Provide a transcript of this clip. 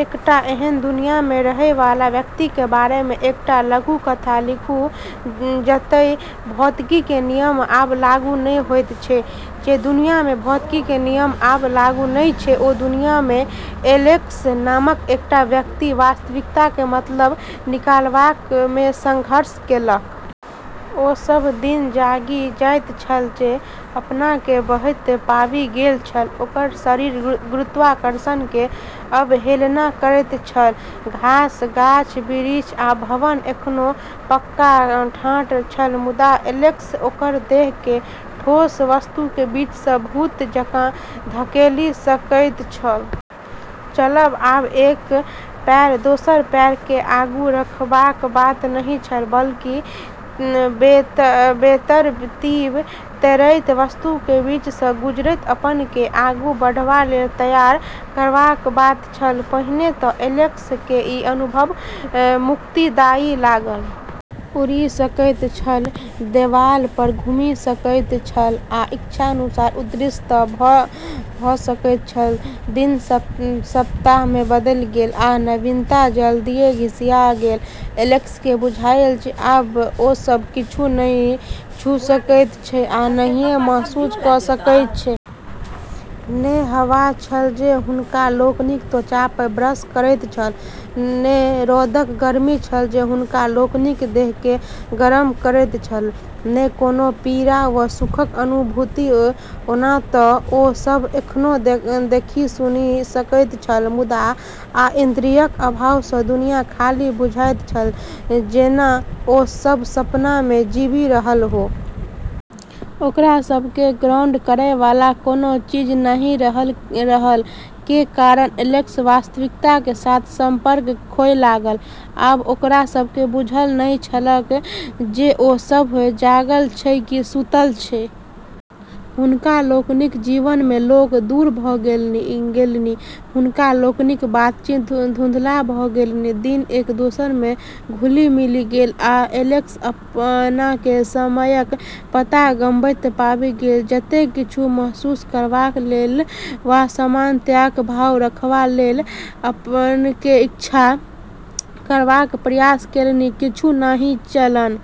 एकटा एहन दुनिया मे रहय वाला व्यक्ति के बारे मे एकटा लघुकथा लिखू जतय भौतिकी के नियम आब लागू नहि होइत अछि। जे दुनिया मे भौतिकी के नियम आब लागू नहि छै, ओहि दुनिया मे एलेक्स नामक एकटा व्यक्ति वास्तविकता के मतलब निकालबा मे संघर्ष केलक। ओ सभ दिन जागि जाइत छल जे अपना के बहैत पाबि गेल छल, ओकर शरीर गुरुत्वाकर्षण के अवहेलना करैत छल। घास, गाछ-बिरिछ आ भवन एखनो पक्का ठाढ़ छल, मुदा एलेक्स ओकर देह के ठोस वस्तु के बीच सँ भूत जकाँ धकेलि सकैत छल। चलब आब एक पैर दोसर पैर के आगू रखबाक बात नहि छल, बल्कि बेतरतीब तैरैत वस्तु के बीच सँ गुजरैत अपना के आगू बढ़बा लेल तैयार करबाक बात छल। पहिने त एलेक्स के ई अनुभव मुक्तिदायी लागल। उड़ि सकैत छल, देवाल पर घुमि सकैत छल, आ इच्छानुसार अदृश्य तक भ सकैत छल। दिन सप्ताह मे बदलि गेल, आ नवीनता जल्दिये घिसिया गेल। एलेक्स के बुझायल जे आब ओ सब किछु नहि छू सकैत अछि आ नहिये महसूस क सकैत अछि। ने हवा छल जे हुनका लोकनिक त्वचा पर ब्रश करैत छल, ने रौदक गर्मी छल जे हुनका लोकनिक देह के गरम करैत छल, ने कोनो पीड़ा वा सुखक अनुभूति। ओना त ओ सभ एखनो देखि-सुनि सकैत छल, मुदा आन इन्द्रियक अभाव सँ दुनिया खाली बुझाइत छल, जेना ओ सभ सपना मे जीबि रहल हो। ओकरा सब के ग्राउंड करै वाला कोनो चीज नहि रहला के कारण एलेक्स वास्तविकता के साथ संपर्क खोय लागल। आब ओकरा सब के बुझल नहि छलैक जे ओ सभ जागल अछि कि सुतल अछि। हुनका लोकनिक जीवन मे लोक दूर भ गेलनि, हुनका लोकनिक बातचीत धुंधला भ गेलनि। दिन एक दोसरा मे घुलि-मिलि गेल, आ एलेक्स अपना के समयक पता गमबैत पाबि गेल। जतेक किछु महसूस करबाक लेल वा सामान्यताक भाव रखबा लेल अपना के इच्छा करबाक प्रयास केलनि, किछु नहि चलल।